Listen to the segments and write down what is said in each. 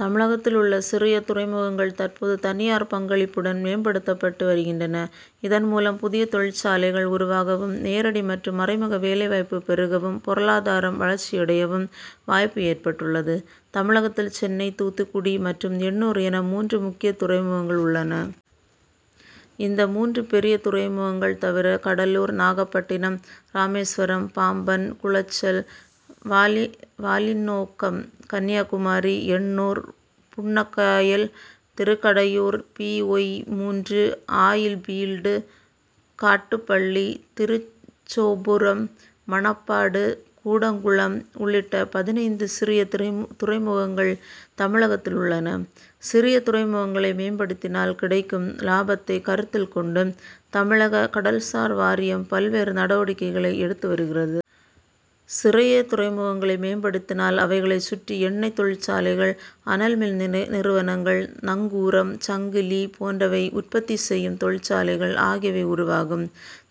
தமிழகத்தில் உள்ள சிறிய துறைமுகங்கள் தற்போது தனியார் பங்களிப்புடன் மேம்படுத்தப்பட்டு வருகின்றன. இதன் மூலம், புதிய தொழிற்சாலைகள் உருவாகவும்; நேரடி மற்றும் மறைமுக வேலை வாய்ப்பு பெருகவும்; பொருளாதாரம் வளர்ச்சியடையவும் வாய்ப்பு ஏற்பட்டுள்ளது. தமிழகத்தில் சென்னை, தூத்துக்குடி மற்றும் எண்ணூர் என மூன்று முக்கிய துறைமுகங்கள் உள்ளன. இந்த மூன்று பெரிய துறைமுகங்கள் தவிர, கடலூர், நாகப்பட்டினம், ராமேஸ்வரம், பாம்பன், குளச்சல், வாலி வாலினோக்கம், கன்னியாகுமரி, எண்ணூர், புண்ணக்காயல், திருக்கடையூர், பி. ஒய்-மூன்று ஆயில் பீல்டு, காட்டுப்பள்ளி, திருச்சோபுரம், மணப்பாடு, கூடங்குளம் உள்ளிட்ட பதினைந்து சிறிய துறை துறைமுகங்கள் தமிழகத்தில் உள்ளன. சிறிய துறைமுகங்களை மேம்படுத்தினால் கிடைக்கும் லாபத்தை கருத்தில் கொண்டு, தமிழக கடல்சார் வாரியம் பல்வேறு நடவடிக்கைகளை எடுத்து வருகிறது. சிறிய துறைமுகங்களை மேம்படுத்தினால், அவைகளைச் சுற்றி எண்ணெய் தொழிற்சாலைகள், அனல் மின் நிறுவனங்கள், நங்கூரம், சங்கிலி போன்றவை உற்பத்தி செய்யும் தொழிற்சாலைகள் ஆகியவை உருவாகும்.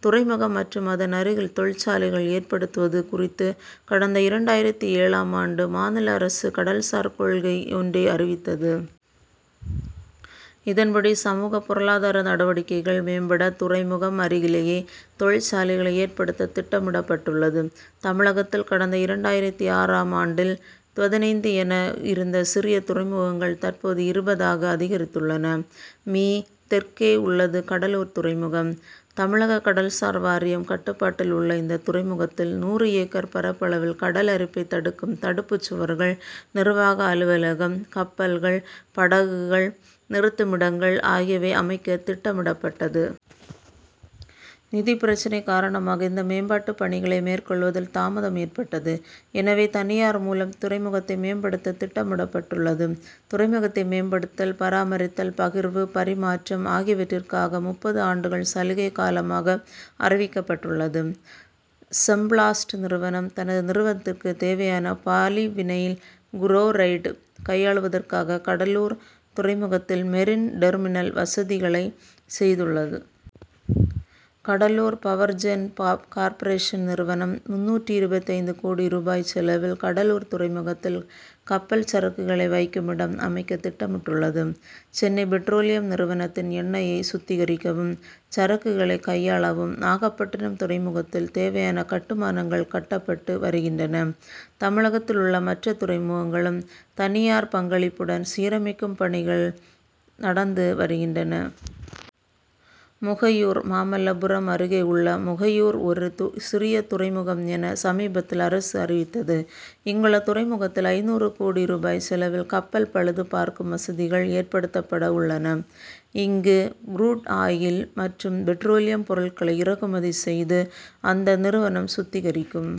துறைமுகம் மற்றும் அதன் அருகில் தொழிற்சாலைகள் ஏற்படுத்துவது குறித்து கடந்த இரண்டாயிரத்து ஏழாம் ஆண்டு மாநில அரசு கடல்சார் கொள்கை ஒன்றை அறிவித்தது. இதன்படி, சமூக, பொருளாதார நடவடிக்கைகள் மேம்பட துறைமுகம் அருகிலேயே தொழிற்சாலைகளை ஏற்படுத்த திட்டமிடப்பட்டுள்ளது. தமிழகத்தில், கடந்த இரண்டாயிரத்து ஆறாம் ஆண்டில் பதினைந்து என இருந்த சிறிய துறைமுகங்கள் தற்போது இருபதாக அதிகரித்துள்ளன. மீ., தெற்கே உள்ளது கடலூர் துறைமுகம். தமிழக கடல் சார் வாரியம் கட்டுப்பாட்டில் உள்ள இந்த துறைமுகத்தில் நூறு ஏக்கர் பரப்பளவில் கடல் அரிப்பை தடுக்கும் தடுப்பு சுவர்கள், நிர்வாக அலுவலகம், கப்பல்கள், படகுகள் நிறுத்துமிடங்கள் ஆகியவை அமைக்க திட்டமிடப்பட்டது. நிதி பிரச்னை காரணமாக இந்த மேம்பாட்டு பணிகளை மேற்கொள்ளுவதில் தாமதம் ஏற்பட்டது. எனவே, தனியார் மூலம் இத்துறைமுகத்தை மேம்படுத்த திட்டமிடப்பட்டுள்ளது. துறைமுகத்தை மேம்படுத்துதல், பராமரித்தல், பகிர்வு, பரிமாற்றம் ஆகியவற்றிற்காக முப்பது ஆண்டுகள் சலுகை காலமாக அறிவிக்கப்பட்டுள்ளது. செம்பிளாஸ்ட் நிறுவனம், தனது நிறுவனத்திற்கு தேவையான பாலி வினைல் குரோரைடு கையாளுவதற்காக கடலூர் துறைமுகத்தில் மெரின் டெர்மினல் வசதிகளை செய்துள்ளது. கடலூர் பவர்ஜென் கார்ப்பரேஷன் நிறுவனம் முந்நூற்று இருபத்தைந்து கோடி ரூபாய் செலவில் கடலூர் துறைமுகத்தில் கப்பல் சரக்குகளை வைக்குமிடம் அமைக்க திட்டமிட்டுள்ளது. சென்னை பெட்ரோலியம் நிறுவனத்தின் எண்ணெயை சுத்திகரிக்கவும், சரக்குகளை கையாளவும் நாகப்பட்டினம் துறைமுகத்தில் தேவையான கட்டுமானங்கள் கட்டப்பட்டு வருகின்றன. தமிழகத்தில் உள்ள மற்ற துறைமுகங்களும் தனியார் பங்களிப்புடன் சீரமைக்கும் பணிகள் நடந்து வருகின்றன. முகையூர்: மாமல்லபுரம் அருகே உள்ள முகையூர் ஒரு சிறிய துறைமுகம் என சமீபத்தில் அரசு அறிவித்தது. இங்குள்ள துறைமுகத்தில் ஐந்நூறு கோடி ரூபாய் செலவில் கப்பல் பழுது பார்க்கும் வசதிகள் ஏற்படுத்தப்பட உள்ளன. இங்கு குரூட் ஆயில் மற்றும் பெட்ரோலியம் பொருட்களை இறக்குமதி செய்து, அந்த நிறுவனம் சுத்திகரிக்கும்.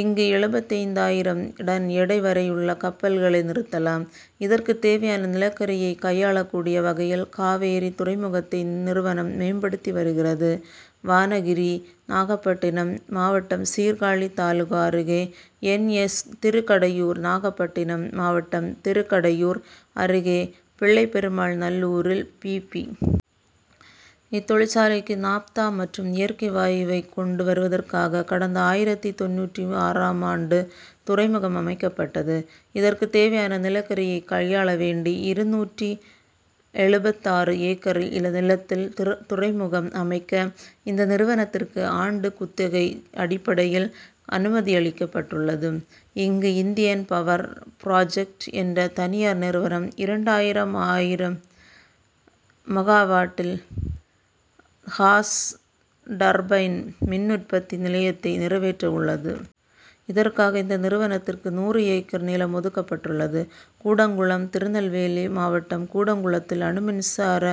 இங்கு எழுபத்தைந்தாயிரம் டன் எடை வரையுள்ள கப்பல்களை நிறுத்தலாம். இதற்கு தேவையான நிலக்கரியை கையாளக்கூடிய வகையில் காவேரி துறைமுகத்தை இந்நிறுவனம் மேம்படுத்தி வருகிறது. வானகிரி: நாகப்பட்டினம் மாவட்டம் சீர்காழி தாலுகா அருகே என். எஸ். திருக்கடையூர்: நாகப்பட்டினம் மாவட்டம், திருக்கடையூர் அருகே பிள்ளைபெருமாள்நல்லூரில் பி. பி. இத்தொழிற்சாலைக்கு நாப்தா மற்றும் இயற்கை வாயுவை கொண்டு வருவதற்காக கடந்த ஆயிரத்து தொண்ணூற்று ஆறாம் ஆண்டு துறைமுகம் அமைக்கப்பட்டது. இதற்கு தேவையான நிலக்கரியை கையாள வேண்டி, இருநூற்று எழுபத்தாறு ஏக்கர் நிலத்தில் துறை துறைமுகம் அமைக்க இந்த நிறுவனத்திற்கு ஆண்டு குத்தகை அடிப்படையில் அனுமதியளிக்கப்பட்டுள்ளது. இங்கு, இந்தியன் பவர் புராஜக்ட் என்ற தனியார் நிறுவனம் இரண்டாயிரம்ஆயிரம் மெகாவாட்டில் காஸ் டர்பைன் மின் உற்பத்தி நிலையத்தை நிறைவேற்ற உள்ளது. இதற்காக இந்த நிறுவனத்திற்கு நூறு ஏக்கர் நிலம் ஒதுக்கப்பட்டுள்ளது. கூடங்குளம் திருநெல்வேலி மாவட்டம் கூடங்குளத்தில் அணுமின்சார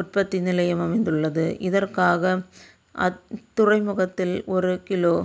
உற்பத்தி நிலையம் அமைந்துள்ளது. இதற்காக, இத்துறைமுகத்தில் ஒரு கிலோ